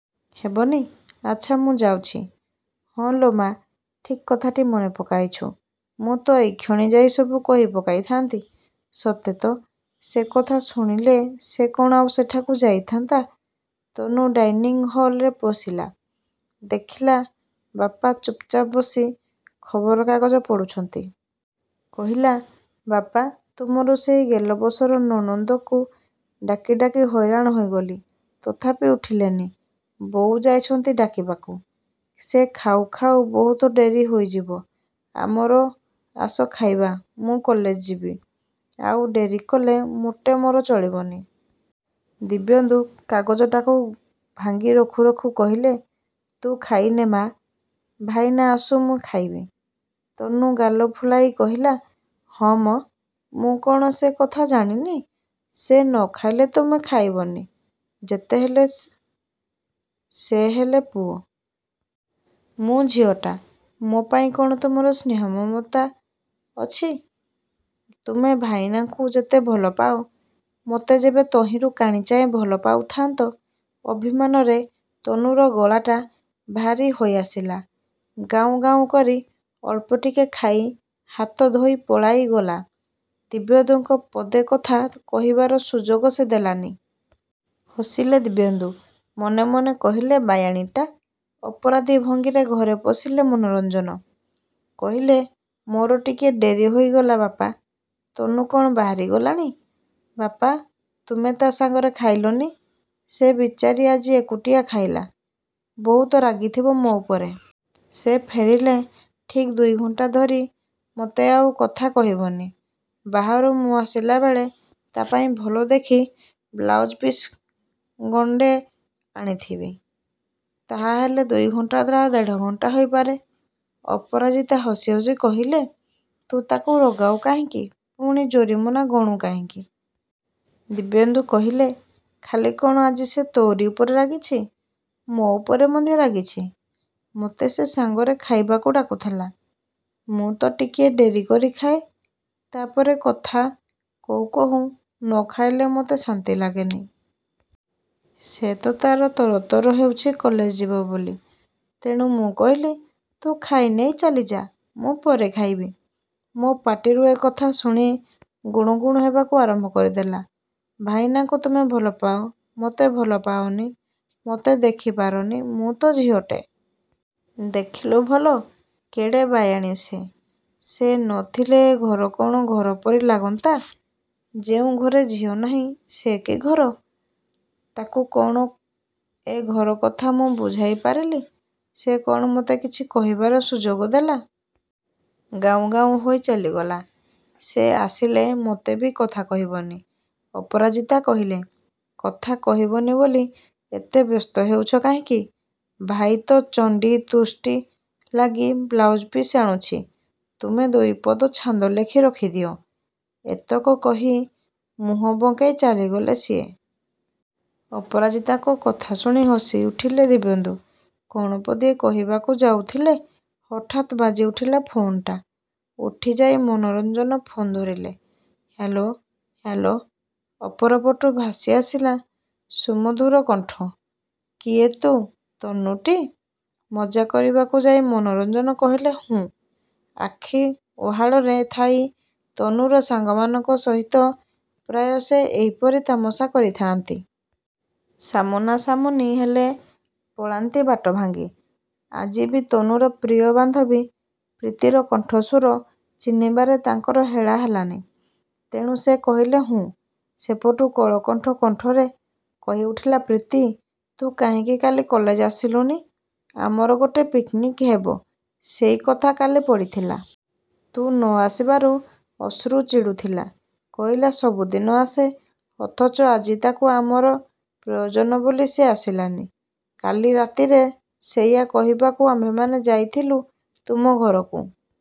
ହେବନି? ଆଚ୍ଛା, ମୁଁ ଯାଉଛି। ହଁ ଲୋ ମାଆ, ଠିକ୍ କଥାଟି ମନେ ପକାଇଛୁ। ମୁଁ ତ ଏଇକ୍ଷଣି ଯାଇ ସବୁ କହିପକାଇଥାନ୍ତି। ସତେ ତ, ସେ କଥା ଶୁଣିଲେ ସେ କ'ଣ ଆଉ ସେଠାକୁ ଯାଇଥାନ୍ତା ତନୁ ଡାଇନିଂ ହଲରେ ପଶିଲା। ଦେଖିଲା, ବାପା ଚୁପଚାପ ବସି ଖବରକାଗଜ ପଢ଼ୁଛନ୍ତି। କହିଲା, "ବାପା, ତୁମର ସେ ଗେଲବସର ନଣନ୍ଦଙ୍କୁ ଡାକି ଡାକି ହଇରାଣ ହୋଇଗଲି। ତଥାପି ଉଠିଲେନି। ବୋଉ ଯାଇଛନ୍ତି ଡାକିବାକୁ, ସେ ଖାଉ ଖାଉ ବହୁତ ଡେରି ହୋଇଯିବ। ଆମର ଆସ, ଖାଇବା, ମୁଁ କଲେଜ ଯିବି। ଆଉ ଡେରି କଲେ ମୋଟେ ମୋର ଚଳିବନି। ଦିବ୍ୟେନ୍ଦୁ କାଗଜଟାକୁ ଭାଙ୍ଗି ରଖୁ ରଖୁ କହିଲେ, "ତୁ ଖାଇନେ, ମାଆ। ଭାଇନା ଆସୁ, ମୁଁ ଖାଇବି। ତନୁ ଗାଲ ଫୁଲାଇ କହିଲା, "ହଁ ମ, ମୁଁ କ'ଣ ସେ କଥା ଜାଣିନି? ସେ ନ ଖାଇଲେ ତୁମେ ଖାଇବନି! ଯେତେହେଲେ ସେ ହେଲେ ପୁଅ। ମୁଁ ଝିଅଟା, ମୋ ପାଇଁ କ'ଣ ତୁମର ସ୍ନେହ-ମମତା ଅଛି? ତୁମେ ଭାଇନାଙ୍କୁ ଯେତେ ଭଲପାଅ, ମୋତେ ଯେବେ ତହିଁରୁ କାଣିଚାଏ ଭଲପାଉଥାନ୍ତ! ଅଭିମାନରେ ତନୁର ଗଳାଟା ଭାରି ହୋଇଆସିଲା। ଗାଉଁ ଗାଉଁ କରି ଅଳ୍ପଟିକେ ଖାଇ, ହାତ ଧୋଇ ପଳାଇଗଲା। ଦିବ୍ୟେନ୍ଦୁଙ୍କୁ ପଦେ କଥା କହିବାର ସୁଯୋଗ ସେ ଦେଲାନି। ହସିଲେ ଦିବ୍ୟେନ୍ଦୁ। ମନେ ମନେ କହିଲେ, ବାୟାଣୀଟା। ଅପରାଧୀ ଭଙ୍ଗୀରେ ଘରେ ପଶିଲେ ମନୋରଞ୍ଜନ। କହିଲେ, "ମୋର ଟିକିଏ ଡେରି ହୋଇଗଲା, ବାପା। ତନୁ କ'ଣ ବାହାରିଗଲାଣି? ବାପା, ତୁମେ ତା' ସାଙ୍ଗରେ ଖାଇଲନି? ସେ ବିଚାରୀ ଆଜି ଏକୁଟିଆ ଖାଇଲା। ବହୁତ ରାଗିଥିବ ମୋ ଉପରେ। ସେ ଫେରିଲେ ଠିକ୍ ଦୁଇ ଘଣ୍ଟା ଧରି ମୋତେ ଆଉ କଥା କହିବନି। ବାହାରୁ ମୁଁ ଆସିଲା ବେଳେ ତା' ପାଇଁ ଭଲ ଦେଖି ବ୍ଲାଉଜ୍-ପିସ୍ ଗଣ୍ଡେ ଆଣିଥିବି। ତାହାହେଲେ ଦୁଇ ଘଣ୍ଟାଟା ଦେଢ଼ ଘଣ୍ଟା ହୋଇପାରେ। ଅପରାଜିତା ହସି ହସି କହିଲେ, ତୁ ତାକୁ ରଗାଉ କାହିଁକି, ପୁଣି ଜୋରିମାନା ଗଣୁ କାହିଁକି? ଦିବ୍ୟେନ୍ଦୁ କହିଲେ, "ଖାଲି କ'ଣ ଆଜି ସେ ତୋରି ଉପରେ ରାଗିଛି? ମୋ ଉପରେ ମଧ୍ୟ ରାଗିଛି। ମୋତେ ସେ ସାଙ୍ଗରେ ଖାଇବାକୁ ଡାକୁଥିଲା। ମୁଁ ତ ଟିକିଏ ଡେରି କରି ଖାଏ, ତା'ପରେ କଥା କହୁ କହୁ ନ ଖାଇଲେ ମୋତେ ଶାନ୍ତି ଲାଗେନି। ସେ ତ ତା'ର ତରତର ହେଉଛି କଲେଜ ଯିବ ବୋଲି। ତେଣୁ ମୁଁ କହିଲି, 'ତୁ ଖାଇନେଇ ଚାଲିଯା, ମୁଁ ପରେ ଖାଇବି।' ମୋ ପାଟିରୁ ଏ କଥା ଶୁଣି ଗୁଣୁ ଗୁଣୁ ହେବାକୁ ଆରମ୍ଭ କରିଦେଲା 'ଭାଇନାଙ୍କୁ ତୁମେ ଭଲପାଅ, ମୋତେ ଭଲପାଅନି, ମୋତେ ଦେଖିପାରନି, ମୁଁ ତ ଝିଅଟେ।' ଦେଖିଲୁ ଭଲ, କେଡ଼େ ବାୟାଣୀ ସେ! ସେ ନ ଥିଲେ ଏ ଘର କ'ଣ ଘର ପରି ଲାଗନ୍ତା! ଯେଉଁ ଘରେ ଝିଅ ନାହିଁ, ସେ କି ଘର! ତାକୁ କ'ଣ ଏ ଘର କଥା ମୁଁ ବୁଝାଇପାରିଲି? ସେ କ'ଣ ମୋତେ କିଛି କହିବାର ସୁଯୋଗ ଦେଲା? ଗାଉଁ ଗାଉଁ ହୋଇ ଚାଲିଗଲା। ସେ ଆସିଲେ ମୋତେ ବି କଥା କହିବନି। ଅପରାଜିତା କହିଲେ, "କଥା କହିବନି ବୋଲି ଏତେ ବ୍ୟସ୍ତ ହେଉଛ କାହିଁକି? ଭାଇ ତ ଚଣ୍ଡୀ ତୁଷ୍ଟି ଲାଗି ବ୍ଲାଉଜ୍-ପିସ୍ ଆଣୁଛି, ତୁମେ ଦୁଇପଦ ଛାନ୍ଦ ଲେଖି ରଖିଦିଅ।" ଏତକ କହି ମୁହଁ ବଙ୍କେଇ ଚାଲିଗଲେ ସିଏ। ଅପରାଜିତାଙ୍କ କଥା ଶୁଣି ହସିଉଠିଲେ ଦିବ୍ୟେନ୍ଦୁ। କ'ଣ ପଦିଏ କହିବାକୁ ଯାଉଥିଲେ, ହଠାତ୍ ବାଜିଉଠିଲା ଫୋନ୍‌ଟା। ଉଠିଯାଇ ମନୋରଞ୍ଜନ ଫୋନ୍ ଧରିଲେ। Hello, hello. ଅପରପଟୁ ଭାସିଆସିଲା ସୁମଧୁର କଣ୍ଠ, "କିଏ ତୁ? ତନୁଟି? ମଜା କରିବାକୁ ଯାଇ ମନୋରଞ୍ଜନ କହିଲେ, ହୁଁ। ଆଖି ଉହାଡ଼ରେ ଥାଇ ତନୁର ସାଙ୍ଗମାନଙ୍କ ସହିତ ପ୍ରାୟ ସେ ଏହିପରି ତାମସା କରିଥାନ୍ତି। ସାମନାସାମନି ହେଲେ ପଳାନ୍ତି ବାଟ ଭାଙ୍ଗି। ଆଜି ବି ତନୁର ପ୍ରିୟ ବାନ୍ଧବୀ ପ୍ରୀତିର କଣ୍ଠସ୍ୱର ଚିହ୍ନିବାରେ ତାଙ୍କର ହେଳା ହେଲାନି। ତେଣୁ ସେ କହିଲେ, ହୁଁ। ସେପଟୁ କଳକଳ କଣ୍ଠରେ କହିଉଠିଲା ପ୍ରୀତି "ତୁ କାହିଁକି କାଲି କଲେଜ ଆସିଲୁନି? ଆମର ଗୋଟେ ପିକ୍‌ନିକ୍ ହେବ, ସେଇ କଥା କାଲି ପଡ଼ିଥିଲା। ତୁ ନ ଆସିବାରୁ ଅଶ୍ରୁ ଚିଡ଼ୁଥିଲା। କହିଲା, 'ସବୁଦିନ ଆସେ, ଅଥଚ ଆଜି ତାକୁ ଆମର ପ୍ରୟୋଜନ ବୋଲି ସେ ଆସିଲାନି।' କାଲି ରାତିରେ ସେଇଆ କହିବାକୁ ଆମ୍ଭେମାନେ ଯାଇଥିଲୁ ତୁମ ଘରକୁ।